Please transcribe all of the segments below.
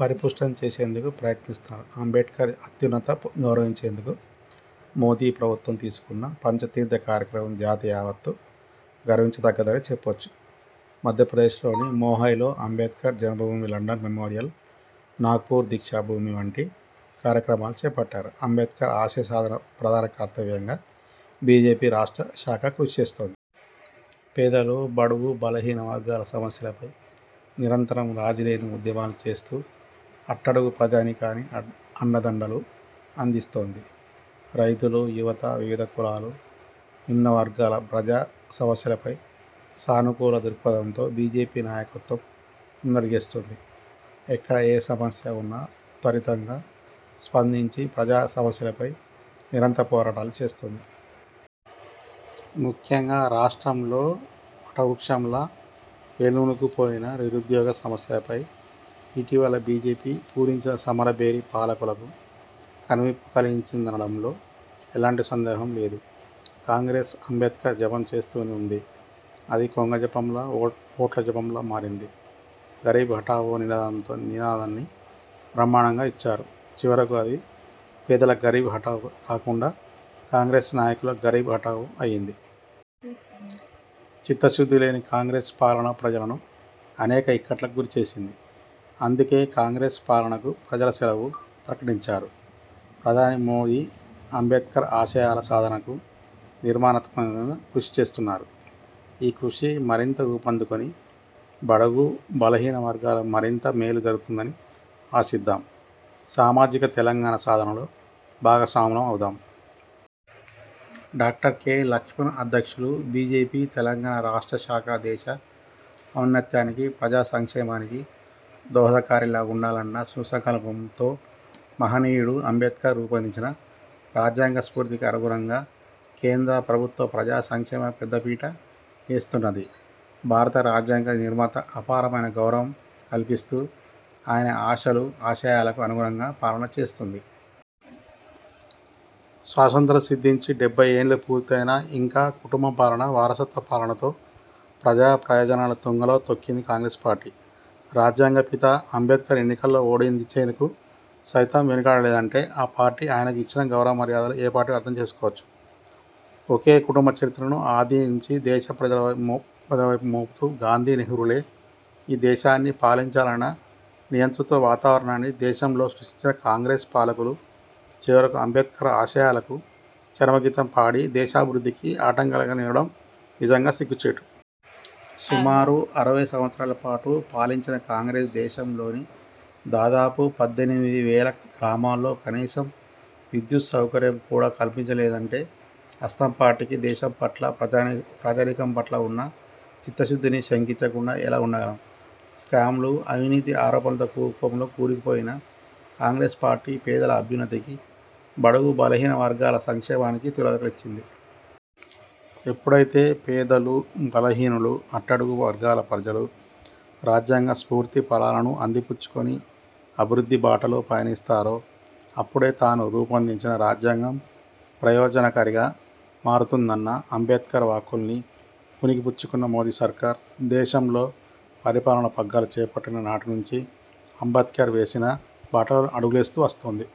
పరిపుష్టం చేసేందుకు ప్రయత్నిసన్నారు. అంబేడ్కర్ను అత్యున్నతంగా గౌరవించేందుకు మోదీ ప్రభుత్వం తీసుకున్న పంచతీర్థ కార్యక్రమం జాతి యావత్తు గర్వించతగ్గదనే చెప్పొచ్చు. మధ్యప్రదేశ్లోని మైహాలో అంబేడ్కర్ జన్మభూమి, లండన్ మెమోరియల్, నాగ్పూర్ దీక్షా భూమి వంటి కార్యక్రమాలు చేపట్టారు. అంబేడ్కర్ ఆశయ సాధనే ప్రధాన కర్తవ్యంగా బీజేపీ రాష్ట్ర శాఖ కృషిచేస్తోంది. పేదలు, బడుగు, బలహీన వర్గాల సమస్యల కు నిరంతరం రాజీలేని ఉద్యమాలు చేస్తూ అట్టడుగు ప్రజానీకానికి అండదండలు అందిస్తోంది. రైతులు, యువత, వివిధ కులాలు, నిమ్నవర్గాల ప్రజా సమస్యలపై సానుకూల దృక్పథంతో బీజేపీ నాయకత్వం ముందడుగేస్తోంది. ఎక్కడ ఏ సమస్య ఉన్నా త్వరితంగా స్పందించి ప్రజా సమస్యలపై నిరంతర పోరాటాలు చేస్తోంది. ముఖ్యంగా రాష్ట్రంలో వటవృక్షంలా వేళ్లూనుకుపోయిన నిరుద్యోగ సమస్యలపై ఇటీవల బీజేపీ పూరించిన సమర భేరీ పాలకులకు కనువిప్పు కలిగించిందనడంలో ఎలాంటి సందేహం లేదు. కాంగ్రెస్ అంబేడ్కర్ జపం చేస్తూనే ఉంది. అది కొంగజపంలా, ఓట్ల జపంలా మారింది. 'గరీబీ హఠావో' నినాదాన్ని బ్రహ్మాండంగా ఇచ్చారు. చివరకు అది పేదల గరీబీ హఠావో కాకుండా, కాంగ్రెస్ నాయకుల గరీబీ హఠావో అయ్యింది. చిత్తశుద్ధిలేని కాంగ్రెస్ పాలన ప్రజలను అనేక ఇక్కట్లకు గురిచేసింది. అందుకే కాంగ్రెస్ పాలనకు ప్రజలు సెలవు ప్రకటించారు. ప్రధాని మోదీ అంబేడ్కర్ ఆశయాల సాధనకు నిర్మాణాత్మకంగా కృషి చేస్తున్నారు. ఈ కృషి మరింతగా ఊపందుకుని బడుగు, బలహీన వర్గాలకు మరింత మేలు జరుగుతుందని ఆశిద్దాం. సామాజిక తెలంగాణ సాధనలో భాగస్వాములమవుదాం. Doctor K. లక్ష్మణ్ అధ్యక్షులు, బీజేపీ తెలంగాణ రాస్ట్ర శాఖ దేశ ఔన్నత్యానికి, ప్రజా సంక్షేమానికి దోహదకారిగా ఉండాలన్న సుసంకల్పంతో మహనీయుడు అంబేడ్కర్ రూపొందించిన రాజ్యాంగ స్ఫూర్తికి అనుగుణంగా కేంద్ర ప్రభుత్వం ప్రజా సంక్షేమానికి పెద్ద పీట వేస్తున్నది. భారత రాజ్యాంగ నిర్మాత అపారమైన గౌరవం కల్పిస్తూ ఆయన ఆశలు, ఆశయాలకు అనుగుణంగా పాలన సాగిస్తోంది. స్వాతంత్రం సిద్ధించి డెబ్బై ఏండ్లు పూర్తయినా, ఇంకా కుటుంబ పాలన, వారసత్వ పాలనతో ప్రజాప్రయోజనాలను తుంగలో తొక్కింది కాంగ్రెస్ పార్టీ. రాజ్యాంగ పిత అంబేడ్కర్ను ఎన్నికల్లో ఓడించేందుకు సైతం వెనుకాడలేదంటే, ఆ పార్టీ ఆయనకు ఇచ్చిన గౌరవ మర్యాదలు ఏపాటివో అర్థం చేసుకోవచ్చు. ఒకే కుటుంబ చరిత్రను ఆది నుంచి దేశ ప్రజలను మోపు గాంధీ, నెహ్రూలే ఈ దేశాన్ని పాలించాలన్న నియంతృత్వ వాతావరణాన్ని దేశంలో సృష్టించిన కాంగ్రెస్ పాలకులు, చివరకు అంబేడ్కర్ ఆశయాలకు చరమగీతం పాడి దేశాభివృద్ధికి ఆటంకాలుగా నిలవడం నిజంగా సిగ్గుచేటు. సుమారు అరవై సంవత్సరాల పాటు పాలించిన కాంగ్రెస్ దేశంలోని దాదాపు పద్దెనిమిది వేల గ్రామాల్లో కనీసం విద్యుత్ సౌకర్యం కూడా కల్పించలేదంటే హస్తం పార్టీకి దేశంపట్ల, ప్రజానీకం పట్ల ఉన్న చిత్తశుద్ధిని శకించకుండా ఎలా ఉండగలం? స్కామ్లు, అవినీతి ఆరోపణల కూపంలో కూరుకుపోయిన కాంగ్రెస్ పార్టీ పేదల అభ్యున్నతికి, బడుగు బలహీన వర్గాల సంక్షేమానికి తిలోదకాలిచ్చింది. ఎప్పుడయితే పేదలు, బలహీనులు, అట్టడుగు వర్గాల ప్రజలు రాజ్యాంగ స్ఫూర్తి ఫలాలను అందిపుచ్చుకుని అభివృద్ధి బాటలో పయనిస్తారో అప్పుడే తాను రూపొందించిన రాజ్యాం గం ప్రయోజనకారిగా మారుతుందన్న అంబేడ్కర్ వాక్కుల్ని పుణికి పుచ్చుకున్నది మోదీ సర్కార్. దేశంలో పరిపాలన పగ్గాలు చేపట్టిన నాటినుంచే అంబేడ్కర్ వేసిన బాటలో అడుగులేస్తూ వస్తోంది.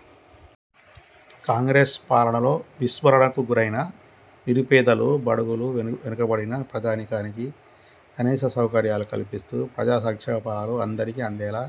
కాంగ్రెస్ పాలనలో విస్మరణకు గురైన నిరుపేదలు, బడుగులు, వెనుకబడిన ప్రజానీకానికి కనీస సౌకర్యాలు కల్పిస్తూ, ప్రజా సంక్షేమలు అందరికీ అందేలా